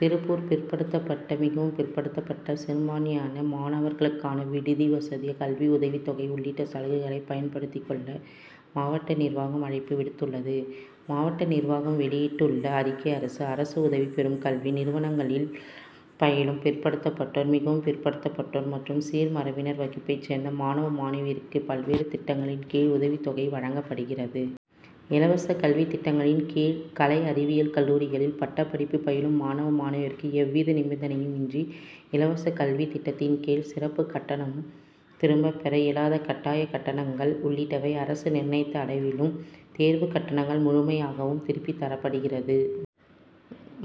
திருப்பூர் பிற்படுத்தப்பட்ட, மிகவும் பிற் படுத்தப்பட்ட, சிறுபான்மையின மாணவர் களுக்கான விடுதி வசதி, கல்வி உதவித்தொகை உள்ளிட்ட சலுகைகளை பயன்படுத்திக் கொள்ள, மாவட்ட நிர்வாகம் அழைப்பு விடுத்துள்ளது. மாவட்ட நிர்வாகம் வெளியிட்டுள்ள அறிக்கை அரசு, அரசு உதவி பெறும் கல்வி நிறுவனங்களில் பயிலும் பிற்படுத்தப் பட்டோர், மிகவும் பிற்படுத்தப்பட்டோர் மற்றும் சீர்மரபினர் வகுப்பைச் சேர்ந்த மாணவ, மாணவியருக்கு பல்வேறு திட்டங்களின் கீழ் உதவித்தொகை வழங்கப்படுகிறது. இலவச கல்வி திட்டங்களின் கீழ் கலை அறிவியல் கல்லூரிகளில் பட்டப்படிப்பு பயிலும் மாணவ, மாணவியருக்கு எவ்வித நிபந்தனையும் இன்றி, இலவச கல்வி திட்டத்தின் கீழ் சிறப்பு கட்டணம், திரும்ப பெற இயலாத கட்டாய கட்டணங் கள் உள்ளிட்டவை அரசு நிர்ணயித்த அள விலும், தேர்வு கட்டணங்கள் முழுமை யாகவும் திருப்பித் தரப்படுகிறது.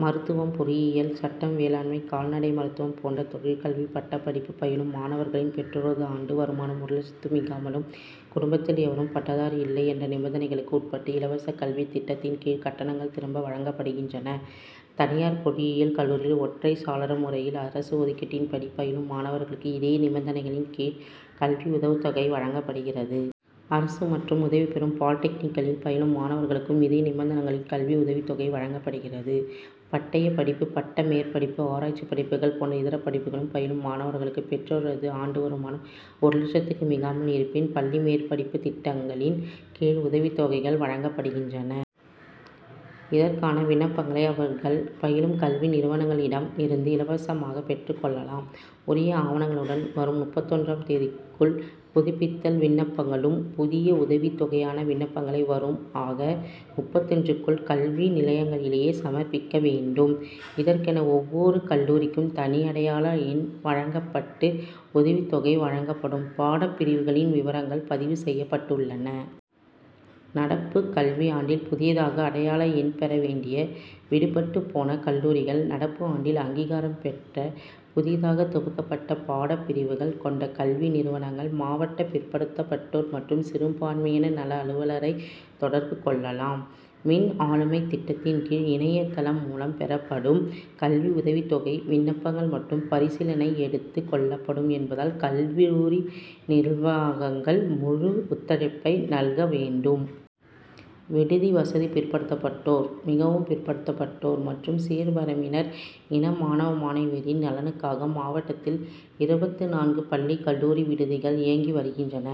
மருத்துவம், பொறியியல், சட்டம், வேளாண்மை, கால்நடை மருத்துவம் போன்ற தொழிற்கல்வி பட்டப்படிப்பு பயிலும் மாணவர்களின் பெற்றோரது ஆண்டு வருமானம் ஒரு லட்சத்துக்கு மிகாமலும்; குடும்பத்தில் எவரும் பட்டதாரி இல்லை என்ற நிபந்தனை களுக்கு உட்பட்டு இலவச கல்வி திட்டத்தின் கீழ் கட்டணங்கள் திரும்ப வழங்கப்படுகின்றன. தனியார் பொறியியல் கல்லூரிகளில் ஒற்றைச் சாளர முறையில் அரசு ஒதுக் கீட்டின்படி பயிலும் மாணவர்களுக்கும் இதே நிபந்தனைகளின் கீழ் கல்வி உதவித்தொகை வழங்கப்படுகிறது. அரசு மற்றும் உதவி பெறும் பாலிடெக்னிக்கு களில் பயிலும் மாணவர்களுக்கும் இதே நிபந்தனைகளில் கல்வி உதவித்தொகை வழங்கப்படுகிறது. பட்டயப்படிப்பு, பட்ட மேற்படிப்பு, ஆராய்ச்சிப்படிப்புகள் போன்ற இதர படிப்புகளில் பயிலும் மாணவர்களுக்கு பெற்றோரது ஆண்டு வருமானம் ஒரு லட்சத்துக்கு மிகாமல் இருப்பின், பள்ளி மேற்படிப்பு திட்டங்களின் கீழ் உதவித் தொகைகள் வழங்கப்படுகின்றன. இதற்கான விண்ணப்பங்களை, அவர் கள் பயிலும் கல்வி நிறுவனங்களிடம் இருந்து இலவசமாக பெற்றுக் கொள்ள லாம். உரிய ஆவணங்களுடன் வரும் முப்பத்தொன்றாம் தேதிக்குள் புதுப்பித்தல் விண்ணப்பங் களும்; புதிய உதவித்தொகைக்கான விண்ணப்பங்களை வரும் ஆக., முப்பத்தொன்றுக்குள்ளும் கல்வி நிலையங்களிலேயே சமர்ப்பிக்க வேண்டும். இதற்கென ஒவ்வொரு கல்லூரிக்கும் தனி அடை யாள எண் வழங்கப்பட்டு உதவித்தொகை வழங்கப்படும் பாடப்பிரிவுகளின் விவரங்கள் பதிவு செய்யப்பட்டுள்ளன. நடப்பு கல்வியாண்டில் புதிதாக அடையாள எண் பெற வேண்டிய, விடுபட்டுப் போன கல்லூரிகள், நடப்பு ஆண்டில் அங்கீகாரம் பெற்ற புதிதாக துவக்கப்பட்ட பாடப்பிரிவுகள் கொண்ட கல்வி நிறுவனங்கள் மாவட்ட பிற் படுத்தப்பட்டோர் மற்றும் சிறு பான்மையின நல அலுவலரைத் தொடர்பு கொள்ளலாம். மின் ஆளுமைத் திட்டத்தின் கீழ், இணைய தளம்மூலம் பெறப்படும் கல்வி உதவித்தொகை விண்ணப்பங்கள் மட்டும் பரிசீலனைக்கு எடுத்துக் கொள்ளப்படும் என்பதால், கல்லூரி நிர்வாகங்கள் முழு ஒத்துழைப்பை நல்க வேண்டும். விடுதி வசதி பிற்படுத்தப்பட்டோர், மிகவும் பிற்படுத்தப்பட்டோர் மற்றும் சீர்மரபினர் இன மாணவ, மாணவியரின் நலனுக்காக மாவட்டத்தில் இருபத்து நான்கு பள்ளி, கல்லூரி விடுதிகள் இயங்கி வருகின்றன.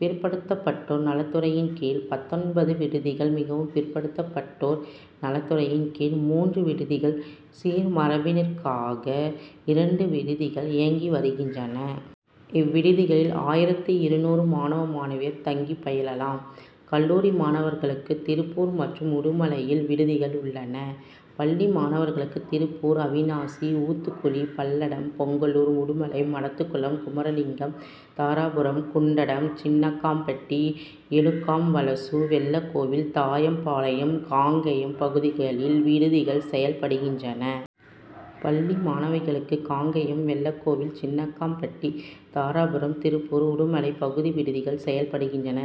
பிற்படுத்தப்பட்டோர் நலத்துறையின் கீழ் பத்தொன்பது விடுதிகள்; மிகவும் பிற்படுத்தப் பட்டோர் நலத்துறையின் கீழ் மூன்று விடுதிகள்; சீர்மரபினருக்காக இரண்டு விடுதிகள் இயங்கி வருகின்றன. இவ் விடுதிகளில் ஆயிரத்து இருநூறு மாணவ, மாணவியர் தங்கிப் பயிலலாம். கல்லூரி மாணவர்களுக்கு, திருப்பூர் மற்றும் உடுமலையில் விடுதிகள் உள்ளன. பள்ளி, மாணவர்களுக்கு திருப்பூர், அவிநாசி, ஊத்துக்குளி, பல்லடம், பொங்கலூர், உடுமலை, மடத்துக்குளம், குமரலிங்கம், தாராபுரம், குண்டடம், சின்னக்காம்பட்டி, எலுகாம்வலசு, வெள்ளகோவில், தாயம்பாளையம், காங்கயம் பகுதிகளில் விடுதிகள் செயல் படுகின்றன. பள்ளி மாணவிகளுக்கு காங்கயம், வெள்ளகோவில், சின்னக்காம் பட்டி, தாராபுரம், திருப்பூர், உடுமலை பகுதிகளில் விடுதிகள் செயல்படுகின்றன.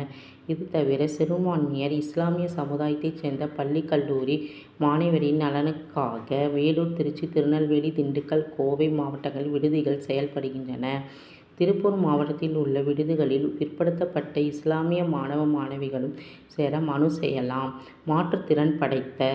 இதுதவிர, சிறுபான்மையினர் இஸ்லாமிய சமுதாயத்தை சேர்ந்த பள்ளி, கல்லூரி மாணவியரின் நலனுக்காக வேலூர், திருச்சி, திருநெல்வேலி, திண்டுக்கல், கோவை மாவட்டங்களில் விடுதிகள் செயல்படுகின்றன. திருப்பூர் மாவட்டத்தில் உள்ள விடுதி களில் பிற்படுத்தப்பட்ட இஸ்லாமிய மாணவ, மாணவிகளும் சேர மனு செய்யலாம். மாற்றுத்திறன் படைத்த